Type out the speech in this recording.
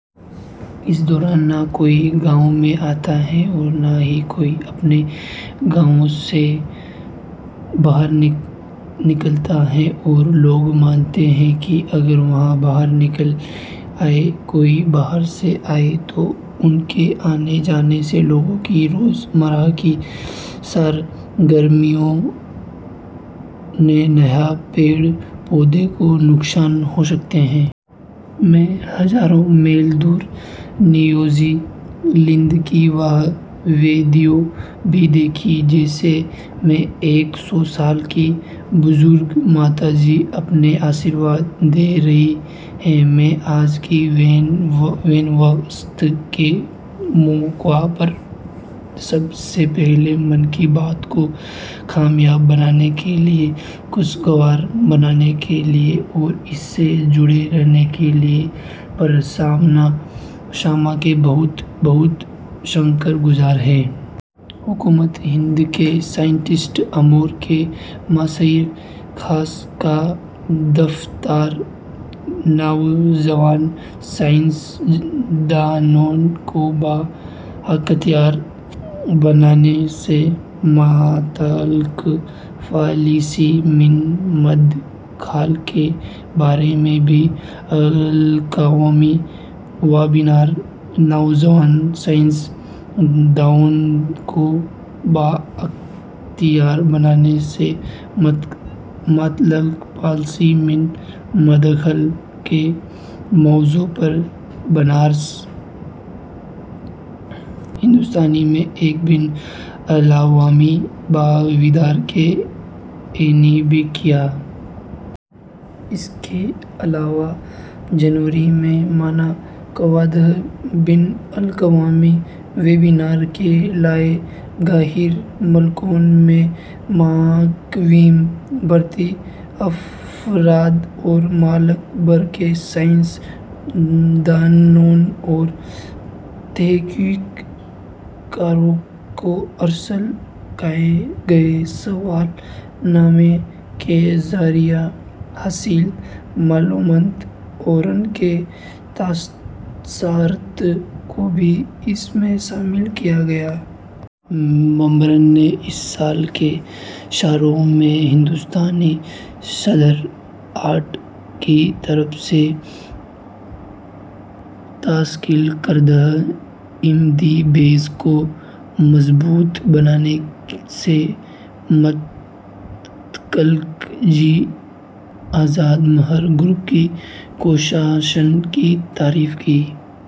اس دوران نہ کوئی گاؤں میں آتا ہے اور نہ ہی کوئی اپنے گھروں سے باہر نکلتا ہے اور لوگ مانتے ہیں کہ اگر وہ باہر نکلے یا کوئی باہر سے آیا تو ان کے آنے جانے سے لوگوں کی روز مرہ کی سرگرمیوں سے نئے پیڑ پودوں کو نقصان ہوسکتا ہے۔ میں نے ہزاروں میل دور نیوزی لینڈ کی وہ ویڈیو بھی دیکھی ، جس میں ایک سو سال کی بزرگ ماتا جی اپنا آشیرواد دے رہی ہیں۔ میں آج، اس ویں قسط کے موقع پر سب سے پہلے 'من کی بات' کو کامیاب بنانے کے لیے، خوشگوار بنانے کے لیے اور اس سے جڑے رہنے کے لیے ہر سامع کا بہت بہت شکر گزار ہوں،۔ حکومت ہند کے سائنٹفک امور کے مشیر خاص کا دفتر نوجوان سائنس دانوں کو بااختیاربنانے سے متعلق پالیسی میں مادخل کے بارے میں بین الاقوامی ویبنار ''نوجوان سائنس دانو ں کو بااختیاربنانے سے متعلق پالیسی میں مادخل '' کے موضوع پربنارس ہندویونیورسٹی میں ایک بین الاقوامی ویبنار کا انعقاد کیاگیا۔ اس کے علاوہ جنوری کو منعقدہ بین الاقوامی ویبنار کے لئے غیرملکوں میں مقیم بھارتی افراد اور ملک بھر کے سائنس دانوں اورتحقیق کاروں کو ارسال کئے گئے سوال نامے کے ذریعہ حاصل معلومات اوران کے تاثرات کو بھی اس میں شامل کیاجائے گا۔ ممبران نے اس سال کے شروع میں ہندوستانی صدر ارت کی طرف سے تشکیل کردہ ایم ڈی بیز کو مضبوط بنانے سے متعلق جی- کے آزاد ماہر گروپ کی کوششوں کی تعریف کی۔